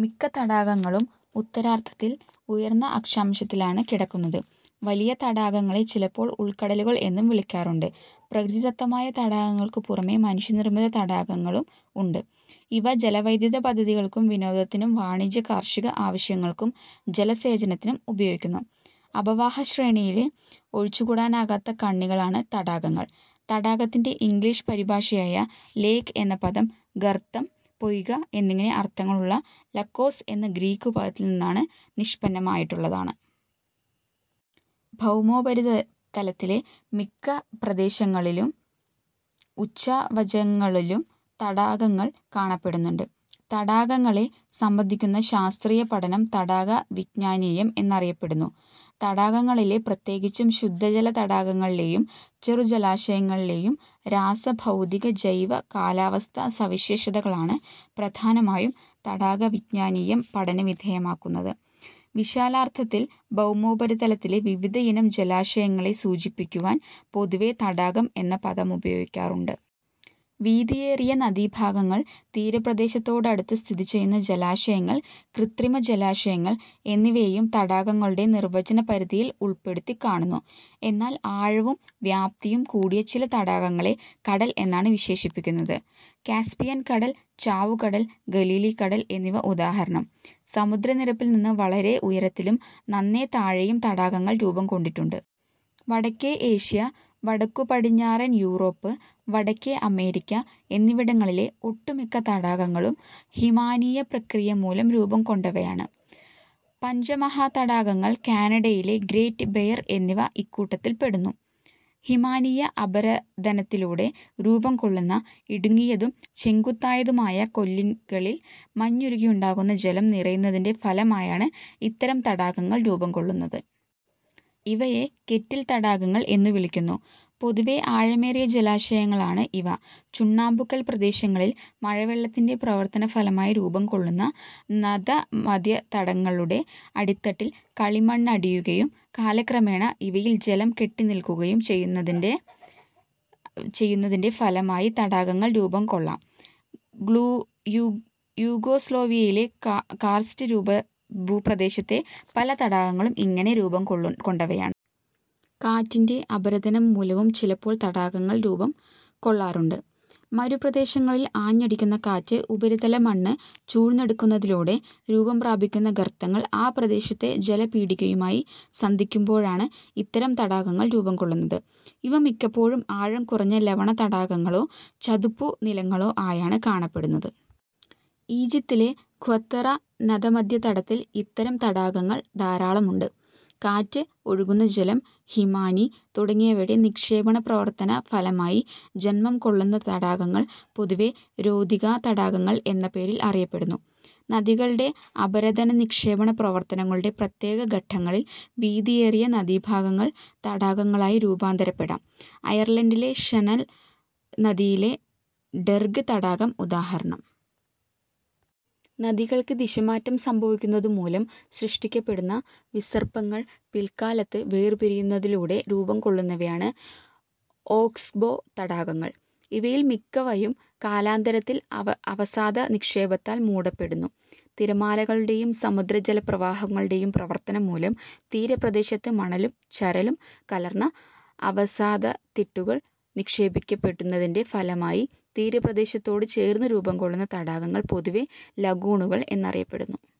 മിക്ക തടാകങ്ങളും ഉത്തരാർദ്ധത്തിൽ ഉയർന്ന അക്ഷാംശത്തിലാണ് കിടക്കുന്നത്. വലിയ തടാകങ്ങളെ ചിലപ്പോൾ ഉൾക്കടലുകൾ എന്നും വിളിക്കാറുണ്ട്. പ്രകൃതിദത്തമായ തടാകങ്ങൾക്കു പുറമേ മനുഷ്യനിർമ്മിത തടാകങ്ങളും ഉണ്ട്. ഇവ ജലവൈദ്യുതപദ്ധതികൾക്കും വിനോദത്തിനും വാണിജ്യ, കാർഷിക ആവശ്യങ്ങൾക്കും ജലസേചനത്തിനും ഉപയോഗിക്കുന്നു. അപവാഹ ശ്രേണിയിലെ ഒഴിച്ചുകൂടാനാകാത്ത കണ്ണികളാണ് തടാകങ്ങൾ. തടാകത്തിന്റെ ഇംഗ്ലീഷ് പരിഭാഷയായ ലേക്എന്ന പദം ഗർത്തം, പൊയ്കഎന്നിങ്ങനെ അർഥങ്ങളുള്ള ലാകോസ് എന്ന ഗ്രീക്കുപദത്തിൽ നിന്ന് നിഷ്പന്നമായിട്ടുള്ളതാണ്. ഭൌമോപരിതലത്തിലെ മിക്ക പ്രദേശങ്ങളിലും ഉച്ചാ വചങ്ങളിലും തടാകങ്ങൾ കാണപ്പെടുന്നുണ്ട്. തടാകങ്ങളെ സംബന്ധിക്കുന്ന ശാസ്ത്രീയ പഠനം തടാക വിജ്ഞാനീയം എന്നറിയപ്പെടുന്നു. തടാകങ്ങളിലെ, പ്രത്യേകിച്ചും ശുദ്ധജലതടാകങ്ങളിലേയും ചെറു ജലാശയങ്ങളി ലേയും രാസ-ഭൗതിക-ജൈവ-കാലാവസ്ഥാ സവിശേഷതകളാണ് പ്രധാനമായും തടാകവിജ്ഞാനീയം പഠനവിധേയമാക്കുന്നത്. വിശാലാർഥത്തിൽ ഭൗമോപരിതലത്തിലെ വിവിധയിനം ജലാശയങ്ങളെ സൂചിപ്പിക്കുവാൻ പൊതുവേ തടാകം എന്ന പദമുപയോഗിക്കാറുണ്ട്. വീതിയേറിയ നദീഭാഗങ്ങൾ, തീരപ്രദേശത്തോടടുത്തു സ്ഥിതിചെയ്യുന്ന ജലാശയങ്ങൾ, കൃത്രിമ ജലാശയങ്ങൾ എന്നിവയെയും തടാകങ്ങളുടെ നിർവചന പരിധിയിൽ ഉൾപ്പെടുത്തി കാണുന്നു. എന്നാൽ ആഴവും വ്യാപ്തിയും കൂടിയ ചില തടാകങ്ങളെ കടൽ എന്നാണ് വിശേഷിപ്പിക്കുന്നത്. കാസ്പിയൻ കടൽ, ചാവുകടൽ, ഗലീലി കടൽ എന്നിവ ഉദാഹരണം. സമുദ്ര നിരപ്പിൽ നിന്ന് വളരെ ഉയരത്തിലും നന്നേ താഴെയും തടാകങ്ങൾ രൂപംകൊണ്ടിട്ടുണ്ട്. വടക്കേ ഏഷ്യ, വടക്കു പടിഞ്ഞാറൻ യൂറോപ്പ്, വടക്കേ അമേരിക്ക എന്നിവിടങ്ങളിലെ ഒട്ടുമിക്ക തടാകങ്ങളും ഹിമാനീയ പ്രക്രിയമൂലം രൂപംകൊണ്ടവയാണ്. പഞ്ച മഹാതടാകങ്ങൾ, കാനഡയിലെ ഗ്രേറ്റ് ബെയർ എന്നിവ ഇക്കൂട്ടത്തിൽപ്പെടുന്നു. ഹിമാനീയ അപരദനത്തിലൂടെ രൂപംകൊള്ളുന്ന ഇടുങ്ങിയതും ചെങ്കുത്തായതുമായ കൊല്ലികളിൽ മഞ്ഞുരുകിയുണ്ടാകുന്ന ജലം നിറയുന്നതിന്റെ ഫലമായാണ് ഇത്തരം തടാകങ്ങൾ രൂപംകൊള്ളുന്നത്. ഇവയെ കെറ്റിൽ തടാകങ്ങൾ എന്നു വിളിക്കുന്നു. പൊതുവേ ആഴമേറിയ ജലാശയങ്ങളാണ് ഇവ. ചുണ്ണാമ്പുകൽ പ്രദേശങ്ങളിൽ മഴവെള്ളത്തിന്റെ പ്രവർത്തന ഫലമായി രൂപംകൊള്ളുന്ന നതമധ്യതടങ്ങളുടെ അടിത്തട്ടിൽ കളിമണ്ണടിയുകയും കാലക്രമേണ ഇവയിൽ ജലം കെട്ടിനില്ക്കുകയും ചെയ്യുന്നതിന്റെ ഫലമായി തടാകങ്ങൾ രൂപംകൊള്ളാം. യുഗോസ്ലോവിയയിലെ കാർസ്റ്റ് ഭൂപ്രദേശത്തെ പല തടാകങ്ങളും ഇങ്ങനെ രൂപം കൊണ്ടവയാണ്. കാറ്റിന്റെ അപരദനം മൂലവും ചിലപ്പോൾ തടാകങ്ങൾ രൂപം കൊള്ളാറുണ്ട്. മരുപ്രദേശങ്ങളിൽ ആഞ്ഞടിക്കുന്ന കാറ്റ് ഉപരിതല മണ്ണ് ചൂഴ്ന്നെടുക്കുന്നതിലൂടെ രൂപം പ്രാപിക്കുന്ന ഗർത്തങ്ങൾ ആ പ്രദേശത്തെ ജലപീഠികയുമായി സന്ധിക്കുമ്പോഴാണ് ഇത്തരം തടാകങ്ങൾ രൂപംകൊള്ളുന്നത്. ഇവ മിക്കപ്പോഴും ആഴം കുറഞ്ഞ ലവണ തടാകങ്ങളോ ചതുപ്പു നിലങ്ങളോ ആയാണ് കാണപ്പെടുന്നത്. ഈജിപ്തിലെ ഖ്വത്തറ നതമധ്യതടത്തിൽ ഇത്തരം തടാകങ്ങൾ ധാരാളമുണ്ട്. കാറ്റ്, ഒഴുകുന്ന ജലം, ഹിമാനി തുടങ്ങിയവയുടെ നിക്ഷേപണ പ്രവർത്തന ഫലമായി ജന്മം കൊള്ളുന്ന തടാകങ്ങൾ പൊതുവേ രോധികാ തടാകങ്ങൾ എന്ന പേരിൽ അറിയപ്പെടുന്നു. നദികളുടെ അപരദന-നിക്ഷേപണ പ്രവർത്തനങ്ങളുടെ പ്രത്യേക ഘട്ടങ്ങളിൽ വീതിയേറിയ നദീഭാഗങ്ങൾ തടാകങ്ങളായി രൂപാന്തരപ്പെടാം; അയർലണ്ടിലെ ഷാനൽ നദിയിലെ ഡെർഗ് തടാകം ഉദാഹരണം. നദികൾക്ക് ദിശമാറ്റം സംഭവിക്കുന്നതുമൂലം സൃഷ്ടിക്കപ്പെടുന്ന വിസർപ്പങ്ങൾ പില്ക്കാലത്ത് വേർ പിരിയുന്നതിലൂടെ രൂപംകൊള്ളുന്നവയാണ് ഓക്സ്ബോ തടാകങ്ങൾ. ഇവയിൽ മിക്കവയും കാലാന്തരത്തിൽ അവസാദ നിക്ഷേപത്താൽ മൂടപ്പെടുന്നു. തിരമാലകളുടേയും സമുദ്ര ജലപ്രവാഹങ്ങളുടേയും പ്രവർത്തനംമൂലം തീരപ്രദേശത്ത് മണലും ചരലും കലർന്ന അവസാദത്തിട്ടുകൾ നിക്ഷേപിക്കപ്പെടു ന്നതിന്റെ ഫലമായി തീരപ്രദേശത്തോടു ചേർന്ന് രൂപംകൊള്ളുന്ന തടാകങ്ങൾ പൊതുവേ ലഗൂണുകൾ എന്നറിയപ്പെടുന്നു.